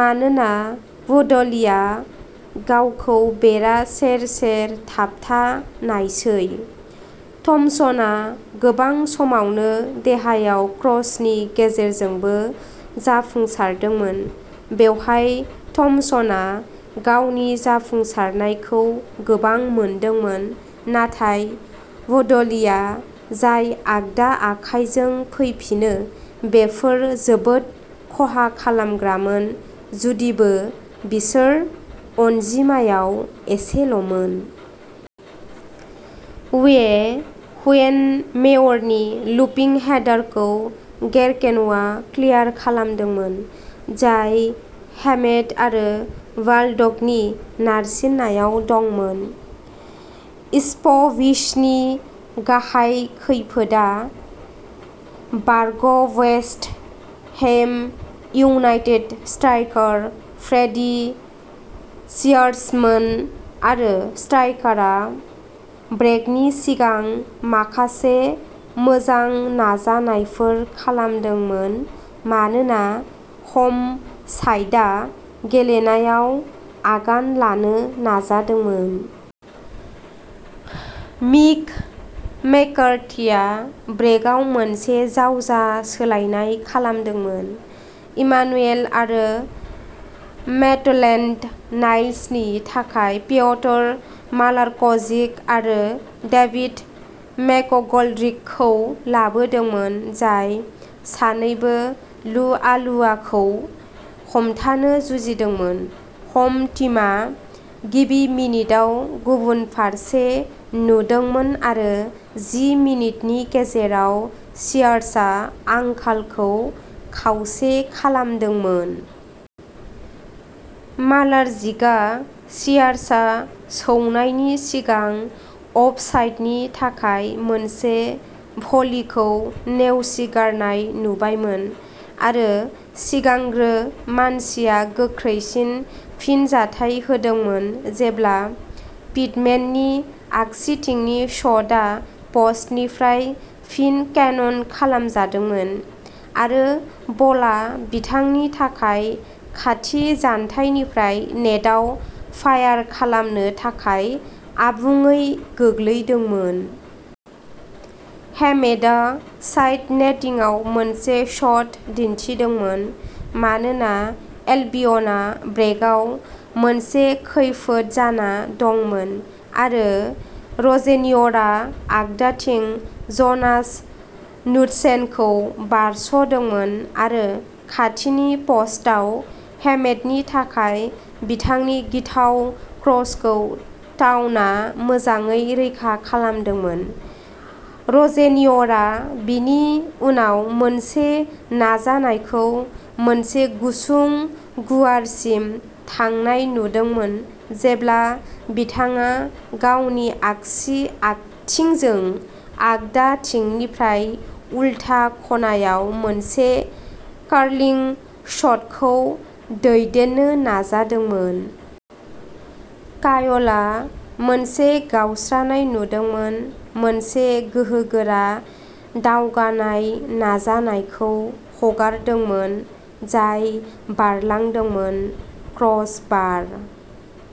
मानोना वुडलीया गावखौ बेरा सेर-सेर थाबथानायसै, थम्पसनआ गोबां समावनो देहायाव क्रसनि गेजेरजोंबो जाफुंसारदोंमोन। बेवहाय थम्पसनआ गावनि जाफुंसारनायखौ गोबां मोनदोंमोन, नाथाय वुडलीआ जाय आगदा आखाइजों फैफिनो, बेफोर जोबोद खहा खालामग्रामोन, जुदिबो बिसोर अनजिमायाव एसेल'मोन। उवे हुएनेमेयरनि लुपिं हेडारखौ गेरकेनआ क्लियार खालामदोंमोन, जाय हेमेड आरो बाल्डकनि नारसिननायाव दंमोन। इप्सविचनि गाहाय खैफोदआ बारग'वेस्ट हैम इउनाइटेड स्ट्राइकार फ्रेडी सियार्समोन, आरो स्ट्राइकारआ ब्रेकनि सिगां माखासे मोजां नाजानायफोर खालामदोंमोन मानोना ह'म साइडआ गेलेनायाव आगान लानो नाजादोंमोन। मिक मैककार्थिआ ब्रेकआव मोनसे जावजा सोलायनाय खालामदोंमोन, इमानुएल आरो मैटलेन्ड-नाइल्सनि थाखाय पिय'टर मालार्कजिक आरो डेविड मैकग'ल्ड्रिकखौ लाबोदोंमोन, जाय सानैबो लुआलुआखौ हमथानो जुजिदोंमोन। ह'म टीमआ गिबि मिनिटआव गुबुन फारसे नुदोंमोन-आरो जि मिनिटनि गेजेराव सियार्सआ आंखालखौ खावसे खालामदोंमोन। मालारजिकआ सियार्सआ सौनायनि सिगां अफसाइडनि थाखाय मोनसे भलिखौ नेवसिगारनाय नुबायमोन, आरो सिगांग्रो मानसिया गोख्रैसिन फिनजाथाय होदोंमोन जेब्ला पिटमेननि आगसिथिंनि शटआ प'स्टनिफ्राय फिन केनन खालामजादोंमोन, आरो बलआ बिथांनि थाखाय खाथि जानथायनिफ्राय नेटआव फायार खालामनो थाखाय आबुङै गोग्लैदोंमोन। हेमेडआ साइड नेटिंआव मोनसे शट दिन्थिदोंमोन, मानोना एल्बियनआ ब्रेकआव मोनसे खैफोद जाना दंमोन; आरो र'जेनिय'रआ आगदाथिं ज'नास नुडसेनखौ बारस'दोंमोन आरो खाथिनि प'स्टआव हेमेडनि थाखाय बिथांनि गिथाव क्रसखौ टाउनआ मोजाङै रैखा खालामदोंमोन। र'जेनिय'रआ बिनि उनाव मोनसे नाजानायखौ मोनसे गुसुं गुवारसिम थांनाय नुदोंमोन जेब्ला बिथाङा गावनि आगसि आथिंजों आगदाथिंनिफ्राय उलथा खनायाव मोनसे कार्लिं शटखौ दैदेननो नाजादोंमोन। कायलआ मोनसे गावस्रानाय नुदोंमोन, मोनसे गोहोगोरा, दावगानाय नाजानायखौ हगारदोंमोन जाय बारलांदोंमोन। क्रस बार।